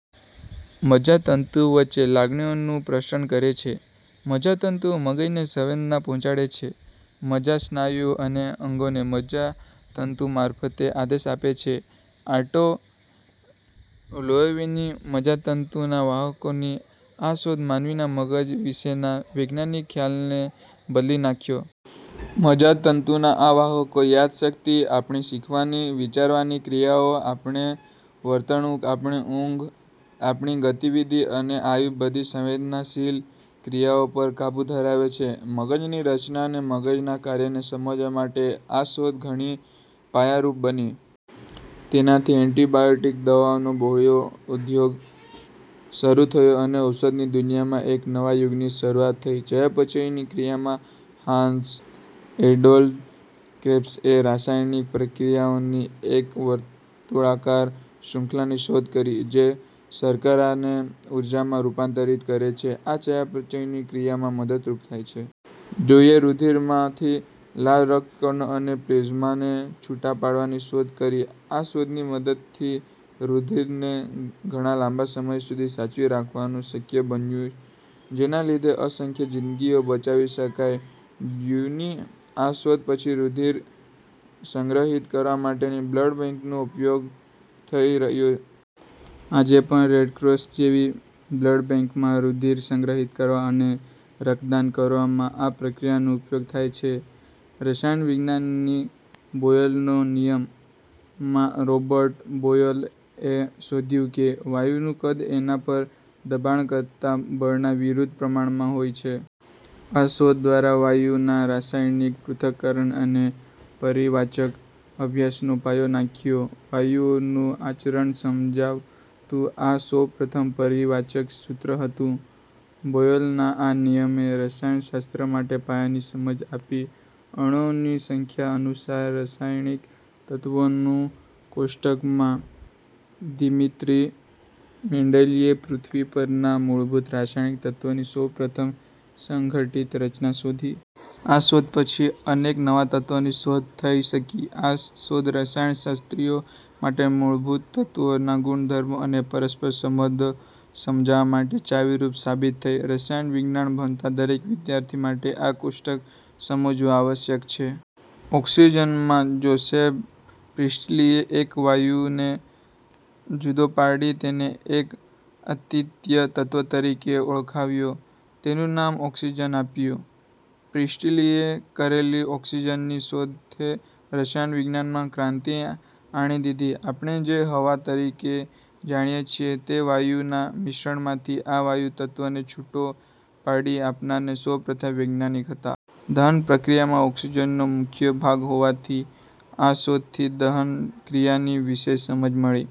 મજજા તંતુઓ વચ્ચે લાગણીઓનું પ્રસારણ કરે છે. મજજાતંતુઓ મગજને સંવેદના પહોંચાડે છે. મગજ સ્નાયુઓ અને અંગોને મજ્જાતંતુ મારફતે આદેશ આપે છે. ઓટ્ટો લોએવીની મજજાતંતુના વાહકોની આ શોધે માનવીના મગજ વિષેના વૈજ્ઞાનિકોના ખ્યાલને બદલી નાંખ્યો. મજ્જાતંતુના આ વાહકો યાદશક્તિ, આપણી શીખવાની, વિચારવાની ક્રિયાઓ, આપણી વર્તણુક, આપણી ઊંઘ, આપણી ગતિવિધિ અને આવી બધી જ સંવેદનશીલ ક્રિયાઓ પર કાબુ ધરાવે છે. મગજની રચના અને મગજના કાર્યને સમજવા માટે આ શોધ ઘણી જ પાયારૂપ બની. તેનાથી એન્ટિબાયોટિક દવાઓનો બહોળો ઉદ્યોગ શરુ થયો અને ઔષધની દુનિયામાં એક નવા યુગની શરૂઆત થઇ. ચયાપચયની ક્રિયા માં હાન્સ એડોલ્ફ ક્રેબ્સએ રસાયણિક પ્રતિક્રિયાઓની એક વર્તુળાકાર શ્રુંખલાની શોધ કરી જે શર્કરાને ઊર્જામાં રૂપાંતરિત કરે છે અને ચયાપચયની ક્રિયામાં મદદરૂપ થાય છે. ડ્રયુએ, રુધિરમાંથી લાલ રક્તકણો અને પ્લેઝમાને છુટા પાડવાની શોધ કરી. આ શોધની મદદથી રુધિરને ઘણા લાંબા સમય સુધી સાચવી રાખવાનું શક્ય બન્યું જેના લીધે અસંખ્ય જીન્દગીઓ બચાવી શકાઇ. ડ્રયુની આ શોધ પછી રુધિર સંગ્રહિત કરવા માટેની બ્લડ બેંકનો યોગ્ય ઉપયોગ થઇ શક્યો. આજે પણ રેડક્રોસ જેવી બ્લડ બેંકમાં રુધિર સંગ્રહિત કરવા અને રક્તદાન કરવામાં આ પ્રક્રિયાનો ઉપયોગ થાય છે. રસાયણ વિજ્ઞાનની બોયલનો નિયમ માં રોબર્ટ બોયલએ શોધ્યું કે વાયુનું કદ એના પર દબાણ કરતા બળના વિરુદ્ધ પ્રમાણમાં હોય છે. આ શોધ દ્વારા વાયુઓના રસાયણિક પૃથક્કરણ અને પરિમાણવાચક અભ્યાસનો પાયો નંખાયો. વાયુઓનું આચરણ સમજાવતું આ સૌપ્રથમ પરિમાણવાચક સૂત્ર હતું. બોયલના આ નિયમે રસાયણશાસ્ત્ર માટે પાયાની સમજ આપી. અણુઓની સંખ્યા અનુસાર રસાયણિક તત્વોનું કોષ્ટક માં ડીમીત્રી મેન્ડેલીયેવએ પૃથ્વી પરના મૂળભૂત રસાયણિક તત્વોની સૌપ્રથમ સંઘટિત રચના શોધી. આ શોધ પછી અનેક નવા તત્વોની શોધ થઇ શકી. આ શોધ રસાયણશાસ્ત્રીઓ માટે મૂળભૂત તત્વોના ગુણધર્મો અને પરસ્પરના સંબંધો સમજવા માટે ચાવીરૂપ સાબિત થઇ. રસાયણવિજ્ઞાન ભણતા દરેક વિદ્યાર્થી માટે આ કોષ્ટક સમજવું આવશ્યક છે. ઓકસીજન માં જોસેફ પ્રિસ્ટલીએ એક વાયુને જુદો પાડી તેને એક અદ્વિતીય તત્વ તરીકે ઓળખાવ્યો. તેનું નામ ઓકસીજન આપ્યું. પ્રિસ્ટલીએ કરેલી ઓકસીજનની શોધે રસાયણ વિજ્ઞાનમાં ક્રાંતિ આણી દીધી. આપણે જેને "હવા" તરીકે જાણીએ છીએ તે વાયુઓના મિશ્રણમાંથી આ વાયુ તત્વને છૂટો પાડી આપનાર તે સૌપ્રથમ વૈજ્ઞાનિક હતા. દહનક્રિયામાં ઓકસીજનનો મુખ્ય ભાગ હોવાથી આ શોધથી દહનક્રિયાની વિશેષ સમજ મળી.